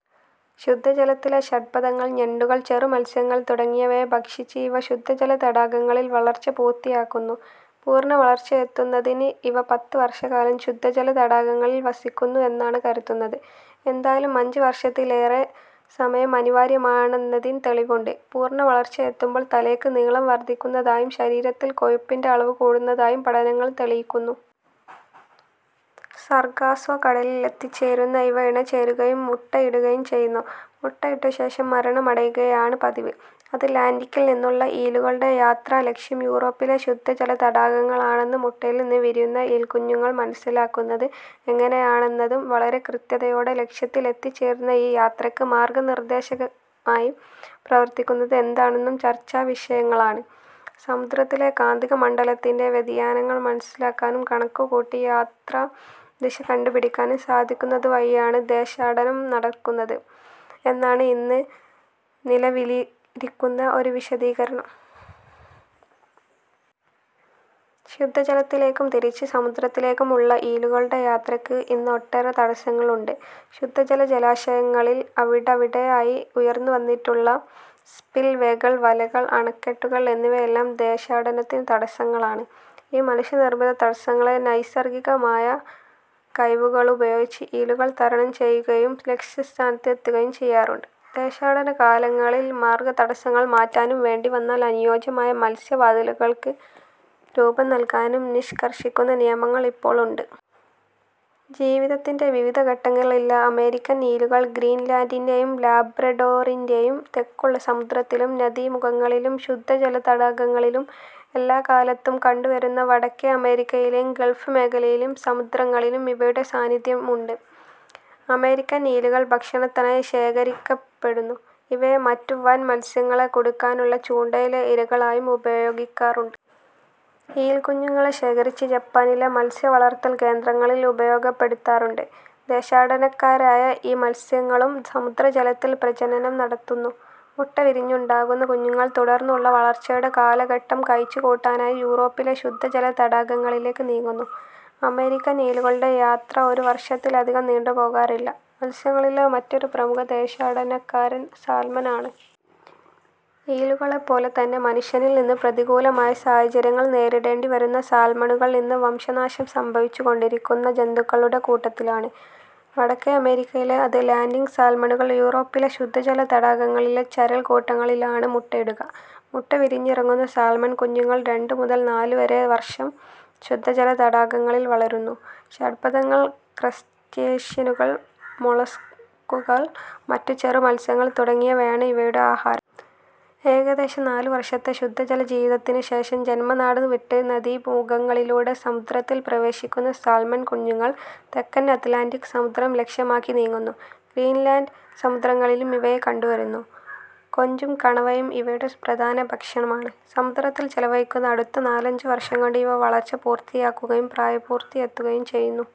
ശുദ്ധജലത്തിലെ ഷഡ്പദങ്ങൾ, ഞണ്ടുകൾ, ചെറുമത്സ്യങ്ങൾ തുടങ്ങിയവയെ ഭക്ഷിച്ച് ഇവ ശുദ്ധജല തടാകങ്ങളിൽ വളർച്ച പൂർത്തിയാക്കുന്നു. പൂർണവളർച്ചയെത്തുന്നതിന് ഇവ പത്ത് വർഷക്കാലം ശുദ്ധജല തടാകങ്ങളിൽ വസിക്കുന്നു എന്നാണ് കരുതുന്നത്. എന്തായാലും അഞ്ച് വർഷത്തിലേറെ സമയം അനിവാര്യമാണെന്നതിന് തെളിവുണ്ട്. പൂർണവളർച്ചയെത്തുമ്പോൾ തലയ്ക്ക് നീളം വർധിക്കുന്നതായും ശരീരത്തിൽ കൊഴുപ്പിന്റെ അളവ് കൂടുന്നതായും പഠനങ്ങൾ തെളിയിക്കുന്നു. സർഗാസോ കടലിൽ എത്തിച്ചേരുന്ന ഇവ ഇണചേരുകയും മുട്ടയിടുകയും ചെയ്യുന്നു. മുട്ടയിട്ടശേഷം മരണമടയുകയാണു പതിവ്. അത് ലാന്റിക്കിൽ നിന്നുള്ള ഈലുകളുടെ യാത്രാലക്ഷ്യം യൂറോപ്പിലെ ശുദ്ധജല തടാകങ്ങളാണെന്ന് മുട്ടയിൽനിന്ന് വിരിയുന്ന ഈൽക്കുഞ്ഞുങ്ങൾ മനസ്സിലാക്കുന്നത് എങ്ങനെയാണെന്നതും വളരെ കൃത്യതയോടെ ലക്ഷ്യത്തിലെത്തിച്ചേരുന്ന ഈ യാത്രയ്ക്ക് മാർഗനിർദ്ദേശകമായി പ്രവർത്തിക്കുന്നത് എന്താണെന്നതും ചർച്ചാവിഷയങ്ങളാണ്. സമുദ്രത്തിലെ കാന്തിക മണ്ഡലത്തിന്റെ വ്യതിയാനങ്ങൾ മനസ്സിലാക്കാനും കണക്കുകൂട്ടി യാത്രാദിശ കണ്ടുപിടിക്കാനും സാധിക്കുന്നതുവഴിയാണ് ദേശാടനം നടക്കുന്നത് എന്നാണ് ഇന്ന് നിലവിലിരിക്കുന്ന ഒരു വിശദീകരണം. ശുദ്ധജലത്തിലേക്കും തിരിച്ച് സമുദ്രത്തിലേക്കും ഉള്ള ഈലുകളുടെ യാത്രയ്ക്ക് ഇന്ന് ഒട്ടേറെ തടസ്സങ്ങൾ ഉണ്ട്. ശുദ്ധജല ജലാശയങ്ങളിൽ അവിടവിടെ ആയി ഉയർന്നുവന്നിട്ടുള്ള സ്പിൽവേകൾ, വലകൾ, അണക്കെട്ടുകൾ എന്നിവയെല്ലാം ദേശാടനത്തിന് തടസ്സങ്ങളാണ്. ഈ മനുഷ്യനിർമിത തടസ്സങ്ങളെ നൈസർഗികമായ കഴിവുകളുപയോഗിച്ച് ഈലുകൾ തരണം ചെയ്യുകയും ലക്ഷ്യസ്ഥാനത്ത് എത്തുകയും ചെയ്യാറുണ്ട്. ദേശാടന കാലങ്ങളിൽ മാർഗതടസ്സങ്ങൾ മാറ്റാനും, വേണ്ടിവന്നാൽ അനുയോജ്യമായ 'മത്സ്യ വാതിലുകൾക്ക്' രൂപംനല്കാനും നിഷ്കർഷിക്കുന്ന നിയമങ്ങൾ ഇപ്പോൾ ഉണ്ട്. ജീവിതത്തിന്റെ വിവിധ ഘട്ടങ്ങളിലുള്ള അമേരിക്കൻ ഈലുകൾ ഗ്രീൻലൻഡിന്റെയും ലാബ്രഡോറിന്റെയും തെക്കുള്ള സമുദ്രത്തിലും നദീമുഖങ്ങളിലും ശുദ്ധജല തടാകങ്ങളിലും എല്ലാക്കാലത്തും കണ്ടുവരുന്നു. വടക്കേ അമേരിക്കയിലെയും ഗൾഫ് മേഖലയിലെയും സമുദ്രങ്ങളിലും ഇവയുടെ സാന്നിധ്യം ഉണ്ട്. അമേരിക്കൻ ഈലുകൾ ഭക്ഷണത്തിനായി ശേഖരിക്കപ്പെടുന്നു. ഇവയെ മറ്റു വൻമത്സ്യങ്ങളെ കുടുക്കാനുള്ള ചൂണ്ടയിലെ ഇരകളായും ഉപയോഗിക്കാറുണ്ട്. ഈൽക്കുഞ്ഞുങ്ങളെ ശേഖരിച്ച് ജപ്പാനിലെ മത്സ്യവളർത്തൽ കേന്ദ്രങ്ങളിൽ ഉപയോഗപ്പെടുത്താറുണ്ട്. ദേശാടനക്കാരായ ഈ മത്സ്യങ്ങളും സമുദ്രജലത്തിൽ പ്രജനനം നടത്തുന്നു. മുട്ട വിരിഞ്ഞുണ്ടാകുന്ന കുഞ്ഞുങ്ങൾ തുടർന്നുള്ള വളർച്ചയുടെ കാലഘട്ടം കഴിച്ചുകൂട്ടാനായി യൂറോപ്പിലെ ശുദ്ധജല തടാകങ്ങളിലേക്കു നീങ്ങുന്നു. അമേരിക്കൻ ഈലുകളുടെ യാത്ര ഒരു വർഷത്തിലധികം നീണ്ടുപോകാറില്ല. മത്സ്യങ്ങളിലെ മറ്റൊരു പ്രമുഖ ദേശാടനക്കാരൻ സാൽമൺ ആണ്. ഈലുകളെപ്പോലെതന്നെ മനുഷ്യനിൽനിന്നു പ്രതികൂലമായ സാഹചര്യങ്ങൾ നേരിടേണ്ടിവരുന്ന സാൽമണുകൾ ഇന്ന് വംശനാശം സംഭവിച്ചുകൊണ്ടിരിക്കുന്ന ജന്തുക്കളുടെ കൂട്ടത്തിലാണ്. വടക്കേ അമേരിക്കയിലെ അത് ലാന്റിക് സാൽമണുകൾ യൂറോപ്പിലെ ശുദ്ധജല തടാകങ്ങളിലെ ചരൽക്കൂട്ടങ്ങളിലാണ് മുട്ടയിടുക. മുട്ട വിരിഞ്ഞിറങ്ങുന്ന സാൽമൺ കുഞ്ഞുങ്ങൾ രണ്ടുമുതൽ നാലുവരെ വർഷം ശുദ്ധജല തടാകങ്ങളിൽ വളരുന്നു. ഷഡ്പദങ്ങൾ, ക്രസ്റ്റേഷ്യനുകൾ, മൊളസ്കുകൾ, മറ്റു ചെറു മത്സ്യങ്ങൾ തുടങ്ങിയവയാണ് ഇവയുടെ ആഹാരം. ഏകദേശം നാലുവർഷത്തെ ശുദ്ധജലജീവിതത്തിനുശേഷം ജന്മനാടു വിട്ട് നദീമുഖങ്ങളിലൂടെ സമുദ്രത്തിൽ പ്രവേശിക്കുന്ന സാൽമൺ കുഞ്ഞുങ്ങൾ തെക്കൻ അത് ലാന്റിക് സമുദ്രം ലക്ഷ്യമാക്കി നീങ്ങുന്നു. ഗ്രീൻലൻഡ് സമുദ്രങ്ങളിലും ഇവയെ കണ്ടുവരുന്നു. കൊഞ്ചും കണവയും ഇവയുടെ പ്രധാന ഭക്ഷണമാണ്. സമുദ്രത്തിൽ ചെലവഴിക്കുന്ന അടുത്ത നാലഞ്ചു വർഷംകൊണ്ട് ഇവ വളർച്ച പൂർത്തിയാക്കുകയും പ്രായപൂർത്തിയെത്തുകയും ചെയ്യുന്നു.